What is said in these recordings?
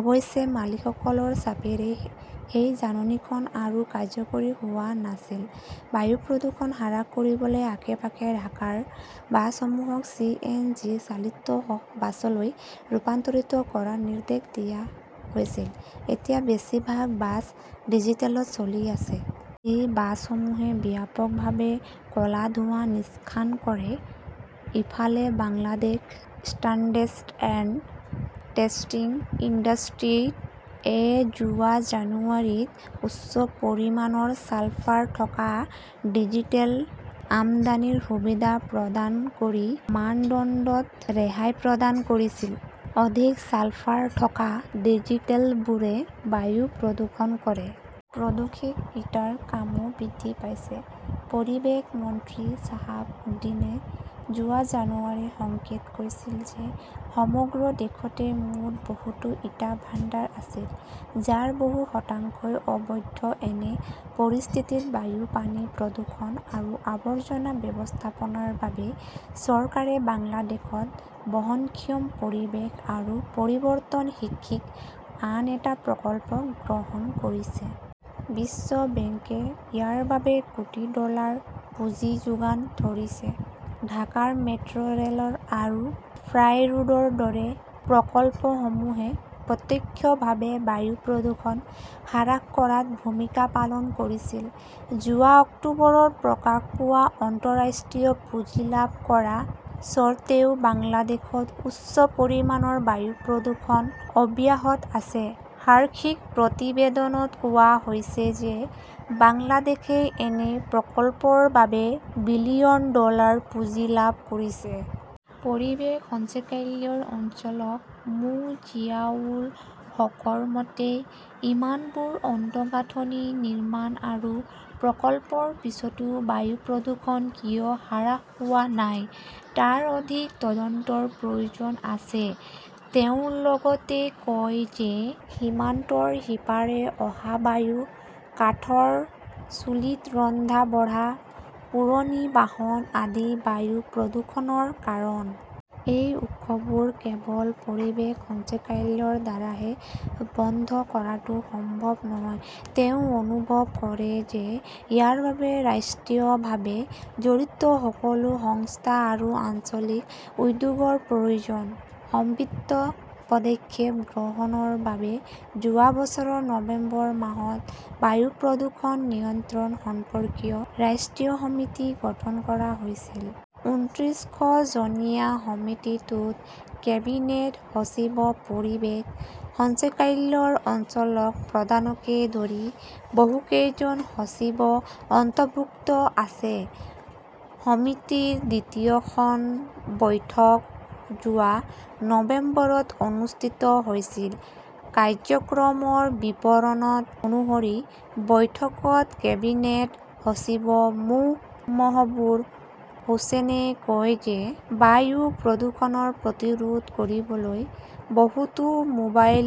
অৱশ্যে মালিকসকলৰ চাপেৰে সেই জাননীখন আৰু কাৰ্যকৰী হোৱা নাছিল। বায়ু প্ৰদূষণ হ্ৰাস কৰিবলৈ আশে পাশে ঢাকাৰ বাছসমূহক চি এন জি চালিত বাছলৈ ৰূপান্তৰিত কৰাৰ নিৰ্দেশ দিয়া হৈছিল। এতিয়া বেছিভাগ বাছ ডিজেলত চলি আছে। এই বাছসমূহে ব্যাপকভাৱে ক'লা ধোঁৱা নিষ্কাশন কৰে। ইফালে Bangladesh standards and testing institute এ যোৱা জানুৱাৰীত উচ্চ পৰিমাণৰ ছালফাৰ থকা ডিজেল আমদানিৰ সুবিধা প্ৰদান কৰি মানদণ্ডত ৰেহাই প্ৰদান কৰিছিল। অধিক ছালফাৰ থকা ডিজেলবোৰে বায়ু প্ৰদূষণ কৰে। প্ৰদূষক ইটাৰ কামো বৃদ্ধি পাইছে। পৰিৱেশ মন্ত্ৰী শ্বাহাব উদ্দীনে যোৱা জানুৱাৰীত সংসদত কৈছিল যে সমগ্ৰ দেশতে মুঠ বহুতো ইটা ভাণ্ডাৰ আছিল যাৰ বহু শতাংশই অবৈধ। এনে পৰিস্থিতিত বায়ু পানী প্ৰদূষণ আৰু আৱৰ্জনা ব্যৱস্থাপনাৰ বাবে চৰকাৰে বাংলাদেশত বহনক্ষম পৰিৱেশ আৰু পৰিৱৰ্তন শীৰ্ষক আন এটা প্ৰকল্প গ্ৰহণ কৰিছে। বিশ্ব বেংকে ইয়াৰ বাবে কোটি ডলাৰ পুঁজি যোগান ধৰিছে। ঢাকাৰ মেট্ৰ'ৰেল আৰু ফ্লাই ৰোডৰ দৰে প্ৰকল্পসমূহে প্ৰত্যক্ষভাৱে বায়ু প্ৰদূষণ হ্ৰাস কৰাত ভূমিকা পালন কৰিছিল। যোৱা অক্টোবৰত প্ৰকাশ পোৱা আন্তঃৰাষ্ট্ৰীয় পুঁজি লাভ কৰা স্বত্বেও বাংলাদেশত উচ্চ পৰিমাণৰ বায়ু প্ৰদূষণ অব্যাহত আছে শীৰ্ষক প্ৰতিবেদনত কোৱা হৈছে যে বাংলাদেশই এনে প্ৰকল্পৰ বাবে বিলিয়ন ডলাৰৰ পুঁজি লাভ কৰিছে। পৰিৱেশ সঞ্চালকালয়ৰ সঞ্চালক মো জিয়াউল হকৰ মতে ইমানবোৰ আন্তঃগাঁথনি নিৰ্মাণ আৰু প্ৰকল্পৰ পিছতো বায়ু প্ৰদূষণ কিয় হ্ৰাস হোৱা নাই তাৰ অধিক তদন্তৰ প্ৰয়োজন আছে। তেওঁ লগতে কয় যে সীমান্তৰ সিপাৰে অহা বায়ু কাঠৰ চুলিত ৰন্ধা বঢ়া পুৰণি বাহন আদি বায়ু প্ৰদূষণৰ কাৰণ। এই উৎসবোৰ কেৱল পৰিৱেশ সঞ্চালকালয়ৰ দ্বাৰাহে বন্ধ কৰাটো সম্ভৱ নহয়। তেওঁ অনুভৱ কৰে যে ইয়াৰ বাবে ৰাষ্ট্ৰীয়ভাৱে জড়িত সকলো সংস্থা আৰু আঞ্চলিক উদ্যোগৰ প্ৰয়োজন। সমন্বিত পদক্ষেপ গ্ৰহণৰ বাবে যোৱা বছৰৰ নৱেম্বৰ মাহত বায়ু প্ৰদূষণ নিয়ন্ত্ৰণ সম্পৰ্কীয় ৰাষ্ট্ৰীয় সমিতি গঠন কৰা হৈছিল। ঊনত্ৰিশজনীয়া সমিতিটোত কেবিনেট সচিব পৰিৱেশ সঞ্চালকালয়ৰ সঞ্চালক প্ৰধানকে ধৰি বহুকেইজন সচিব অন্তৰ্ভুক্ত আছে। সমিতিৰ দ্বিতীয়খন বৈঠক যোৱা নৱেম্বৰত অনুষ্ঠিত হৈছিল। কাৰ্যক্ৰমৰ বিৱৰণ অনুসৰি বৈঠকত কেবিনেট সচিব মো মহবূব হুচেইনে কয় যে বায়ু প্ৰদূষণ প্ৰতিৰোধ কৰিবলৈ বহুতো মোবাইল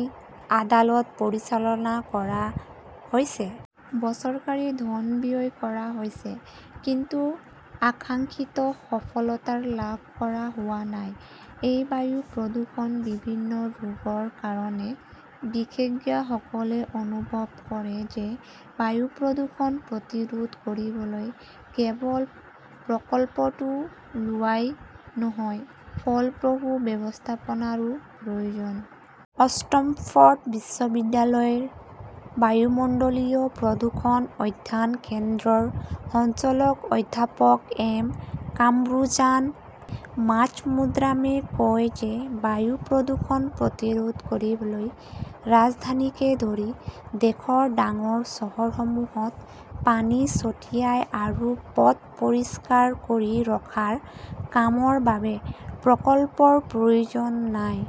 আদালত পৰিচালনা কৰা হৈছে। বহু চৰকাৰী ধন ব্যয় কৰা হৈছে। কিন্তু আকাংক্ষিত সফলতা লাভ কৰা হোৱা নাই। এই বায়ু প্ৰদূষণ বিভিন্ন ৰোগৰ কাৰণ। বিশেষজ্ঞসকলে অনুভৱ কৰে যে বায়ু প্ৰদূষণ প্ৰতিৰোধ কৰিবলৈ কেৱল প্ৰকল্পটো লোৱাই নহয় ফলপ্ৰসূ ব্যৱস্থাপনাৰো প্ৰয়োজন। ষ্টেমফৰ্ড বিশ্ববিদ্যালয়ৰ বায়ুমণ্ডলীয় প্ৰদূষণ অধ্যয়ন কেন্দ্ৰৰ সঞ্চালক অধ্যাপক এম কামৰুজান মাজমুদ্ৰমে কয় যে বায়ু প্ৰদূষণ প্ৰতিৰোধ কৰিবলৈ ৰাজধানীকে ধৰি দেশৰ ডাঙৰ চহৰসমূহত পানী ছটিয়াই আৰু পথ পৰিষ্কাৰ কৰি ৰখাৰ কামৰ বাবে প্ৰকল্পৰ প্ৰয়োজন নাই।